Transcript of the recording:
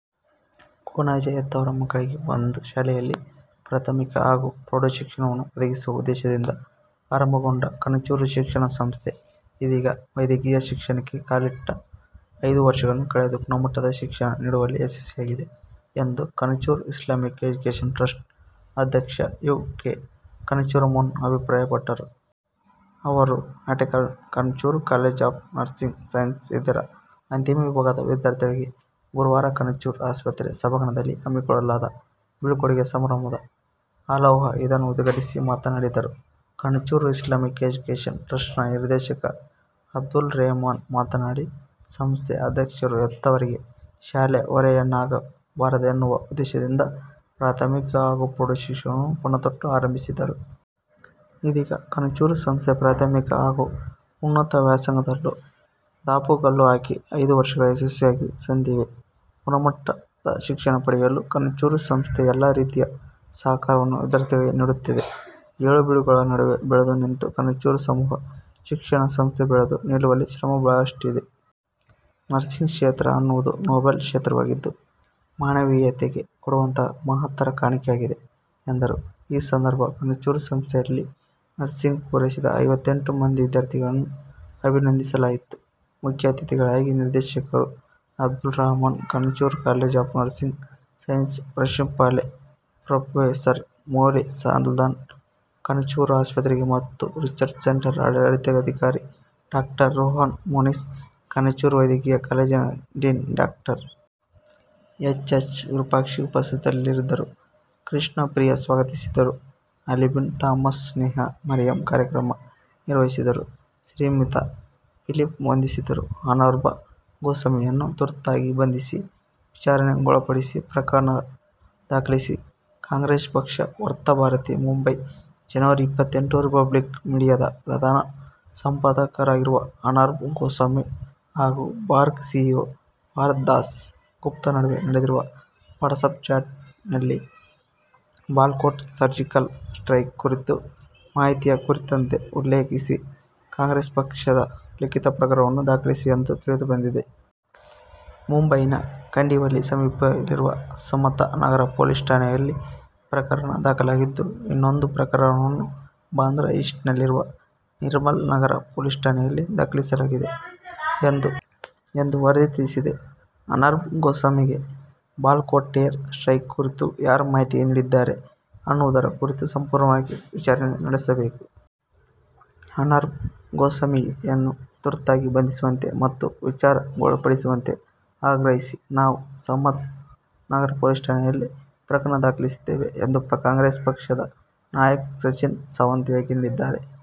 ಕೊಣಾಜೆ: ಹೆತ್ತವರು ಮಕ್ಕಳಿಗೆ ಒಂದೇ ಶಾಲೆಯಲ್ಲಿ ಪ್ರಾಥಮಿಕ ಹಾಗೂ ಪ್ರೌಢಶಿಕ್ಷಣವನ್ನು ಒದಗಿಸುವ ಉದ್ದೇಶದಿಂದ ಆರಂಭಗೊಂಡ ಕಣಚೂರು ಶಿಕ್ಷಣ ಸಂಸ್ಥೆ ಇದೀಗ ವೈದ್ಯಕೀಯ ಶಿಕ್ಷಣಕ್ಕೆ ಕಾಲಿಟ್ಟು ಐದು ವರ್ಷಗಳನ್ನು ಕಳೆದು ಗುಣಮಟ್ಟದ ಶಿಕ್ಷಣ ನೀಡುವಲ್ಲಿ ಯಶಸ್ವಿಯಾಗಿದೆ ಎಂದು ಕಣಚೂರು ಇಸ್ಲಾಮಿಕ್ ಎಜುಕೇಷನ್ ಟ್ರಸ್ಟ್ ಅಧ್ಯಕ್ಷ ಯು. ಕೆ ಕಣಚೂರು ಮೋನು ಅಭಿಪ್ರಾಯಪಟ್ಟರು. ಅವರು ನಾಟೆಕಲ್ನ Kanachur college of nursing science ಇದರ ಅಂತಿಮ ವಿಭಾಗದ ವಿದ್ಯಾರ್ಥಿಗಳಿಗೆ ಗುರುವಾರ ಕಣಚೂರು ಆಸ್ಪತ್ರೆ ಸಭಾಂಗಣದಲ್ಲಿ ಹಮ್ಮಿಕೊಳ್ಳಲಾದ ಬೀಳ್ಕೊಡುಗೆ ಸಮಾರಂಭ ಅಲೋಹಾ- ಇದನ್ನು ಉದ್ಘಾಟಿಸಿ ಮಾತನಾಡಿದರು. ಕಣಚೂರು ಇಸ್ಲಾಮಿಕ್ ಎಜುಕೇಷನ್ ಟ್ರಸ್ಟ್ ನ ನಿರ್ದೇಶಕ ಅಬ್ದುಲ್ ರೆಹಮಾನ್ ಮಾತನಾಡಿ ಸಂಸ್ಥೆ ಅಧ್ಯಕ್ಷರು ಹೆತ್ತವರಿಗೆ ಶಾಲೆ ಹೊರೆಯಾಗಬಾರದೆನ್ನುವ ಉದ್ದೇಶದಿಂದ ಪ್ರಾಥಮಿಕ ಹಾಗೂ ಪ್ರೌಢಶಿಕ್ಷಣವನ್ನು ಪಣತೊಟ್ಟು ಆರಂಭಿಸಿದರು. ಇದೀಗ ಕಣಚೂರು ಸಂಸ್ಥೆ ಪ್ರಾಥಮಿಕ ಹಾಗೂ ಉನ್ನತ ವ್ಯಾಸಾಂಗದಲ್ಲೂ ದಾಪುಗಾಲು ಹಾಕಿ ಐದು ವರ್ಷಗಳು ಯಶಸ್ವಿಯಾಗಿ ಸಂದಿವೆ. ಗುಣಮಟ್ಟದ ಶಿಕ್ಷಣ ಪಡೆಯಲು ಕಣಚೂರು ಸಂಸ್ಥೆ ಎಲ್ಲಾ ರೀತಿಯ ಸಹಕಾರವನ್ನು ವಿದ್ಯಾರ್ಥಿಗಳಿಗೆ ನೀಡುತ್ತಿದೆ. ಏಳುಬೀಳುಗಳ ನಡುವೆ ಬೆಳೆದು ನಿಂತ ಕಣಚೂರು ಸಮೂಹ ಶಿಕ್ಷಣ ಸಂಸ್ಥೆ ಬೆಳೆದು ನಿಲ್ಲುವಲ್ಲಿ ಶ್ರಮ ಬಹಳಷ್ಟಿದೆ. ನರ್ಸಿಂಗ್ ಕ್ಷೇತ್ರ ಅನ್ನುವುದು ನೋಬೆಲ್ ಕ್ಷೇತ್ರವಾಗಿದ್ದು, ಮಾನವೀಯತೆಗೆ ಕೊಡುವಂತಹ ಮಹತ್ತರ ಕಾಣಿಕೆಯಾಗಿದೆ ಎಂದರು. ಈ ಸಂದರ್ಭ ಕಣಚೂರು ಸಂಸ್ಥೆಯಲ್ಲಿ ನರ್ಸಿಂಗ್ ಪೂರೈಸಿದ ಐವತ್ತೆಂಟು ಮಂದಿ ವಿದ್ಯಾರ್ಥಿಗಳನ್ನು ಅಭಿನಂದಿಸಲಾಯಿತು. ಮುಖ್ಯ ಅತಿಥಿಗಳಾಗಿ ನಿರ್ದೇಶಕರು Abdul Rahman, Kanachur college of nursing science ಪ್ರಾಂಶುಪಾಲೆ ಪ್ರೊಫೆಸರ್ ಮೋಲಿ ಸಲ್ದಾನ್ಹ, ಕಣಚೂರು ಆಸ್ಪತ್ರೆ ಮತ್ತು ರಿಸರ್ಚ್ ಸೆಂಟರ್ ಆಡಳಿತಾಧಿಕಾರಿ ಡಾಕ್ಟರ್ ರೋಹನ್ ಮೋನಿಸ್, ಕಣಚೂರು ವೈದ್ಯಕೀಯ ಕಾಲೇಜಿನ dean doctor. H. S Virupaksha ಉಪಸ್ಥಿತರಿದ್ದರು. ಕೃಷ್ಣ ಪ್ರಿಯ ಸ್ವಾಗತಿಸಿದರು. ಆಲ್ಬಿನ್ ಥಾಮಸ್, ಸ್ನೇಹಾ ಮರಿಯಂ ಕಾರ್ಯಕ್ರಮ ನಿರ್ವಹಿಸಿದರು. ಶ್ರಿಮಿತಾ ಫಿಲಿಪ್ ವಂದಿಸಿದರು. ಅರ್ನಬ್ ಗೋಸ್ವಾಮಿಯನ್ನು ತುರ್ತಾಗಿ ಬಂಧಿಸಿ, ವಿಚಾರಣೆಗೊಳಪಡಿಸಿ: ಪ್ರಕರಣ ದಾಖಲಿಸಿದ ಕಾಂಗ್ರೆಸ್ ಪಕ್ಷ ವಾರ್ತಾ ಭಾರತಿ ಮುಂಬೈ, ಜನವರಿ ಇಪತ್ತೆಂಟು ರಿಪಬ್ಲಿಕ್ ಮೀಡಿಯಾದ ಪ್ರಧಾನ ಸಂಪಾದಕರಾಗಿರುವ ಅರ್ನಬ್ ಗೋಸ್ವಾಮಿ ಹಾಗೂ ಬಾರ್ಕ್ ಸಿಇಒ ಪಾರ್ಥೋ ದಾಸ್ ಗುಪ್ತಾ ನಡುವೆ ನಡೆದಿರುವ ವಾಟ್ಸ್ಯಾಪ್ ಚಾಟ್ ನಲ್ಲಿ ಬಾಲಾಕೋಟ್ ಸರ್ಜಿಕಲ್ ಸ್ಟ್ರೈಕ್ ಕುರಿತ ಮಾಹಿತಿಯ ಕುರಿತಾದಂತೆ ಉಲ್ಲೇಖಿಸಿ ಕಾಂಗ್ರೆಸ್ ಪಕ್ಷವು ಲಿಖಿತ ಪ್ರಕರಣವನ್ನು ದಾಖಲಿಸಿದೆ ಎಂದು ತಿಳಿದು ಬಂದಿದೆ. ಮುಂಬೈನ ಕಂಡಿವಲ್ಲಿ ಸಮೀಪವಿರುವ ಸಮತಾ ನಗರ್ ಪೊಲೀಸ್ ಠಾಣೆಯಲ್ಲಿ ಪ್ರಕರಣ ದಾಖಲಾಗಿದ್ದು, ಇನ್ನೊಂದು ಪ್ರಕರಣವನ್ನು ಬಾಂದ್ರಾ ಈಸ್ಟ್ ನಲ್ಲಿರುವ ನಿರ್ಮಲನಗರ್ ಪೊಲೀಸ್ ಠಾಣೆಯಲ್ಲಿ ದಾಖಲಿಸಲಾಗಿದೆ ಎಂದು ವರದಿ ತಿಳಿಸಿದೆ. "ಅರ್ನಬ್ ಗೋಸ್ವಾಮಿಗೆ ಬಾಲಾಕೋಟ್ ಏರ್ ಸ್ಟ್ರೈಕ್ ಕುರಿತು ಯಾರು ಮಾಹಿತಿ ನೀಡಿದ್ದಾರೆ ಅನ್ನುವುದರ ಕುರಿತು ಸಂಪೂರ್ಣವಾಗಿ ವಿಚಾರಣೆ ನಡೆಸಬೇಕು. ಅರ್ನಬ್ ಗೋಸ್ವಾಮಿಯನ್ನು ತುರ್ತಾಗಿ ಬಂಧಿಸುವಂತೆ ಮತ್ತು ವಿಚಾರಣೆಗೊಳಪಡಿಸುವಂತೆ ಆಗ್ರಹಿಸಿ ನಾವು ಸಮತಾ ನಗರ್ ಪೊಲೀಸ್ ಠಾಣೆಯಲ್ಲಿ ಪ್ರಕರಣ ದಾಖಲಿಸಿದ್ದೇವೆ ಎಂದು ಕಾಂಗ್ರೆಸ್ ಪಕ್ಷದ ನಾಯಕ ಸಚಿನ್ ಸಾವಂತ್ ಹೇಳಿಕೆ ನೀಡಿದ್ದಾರೆ.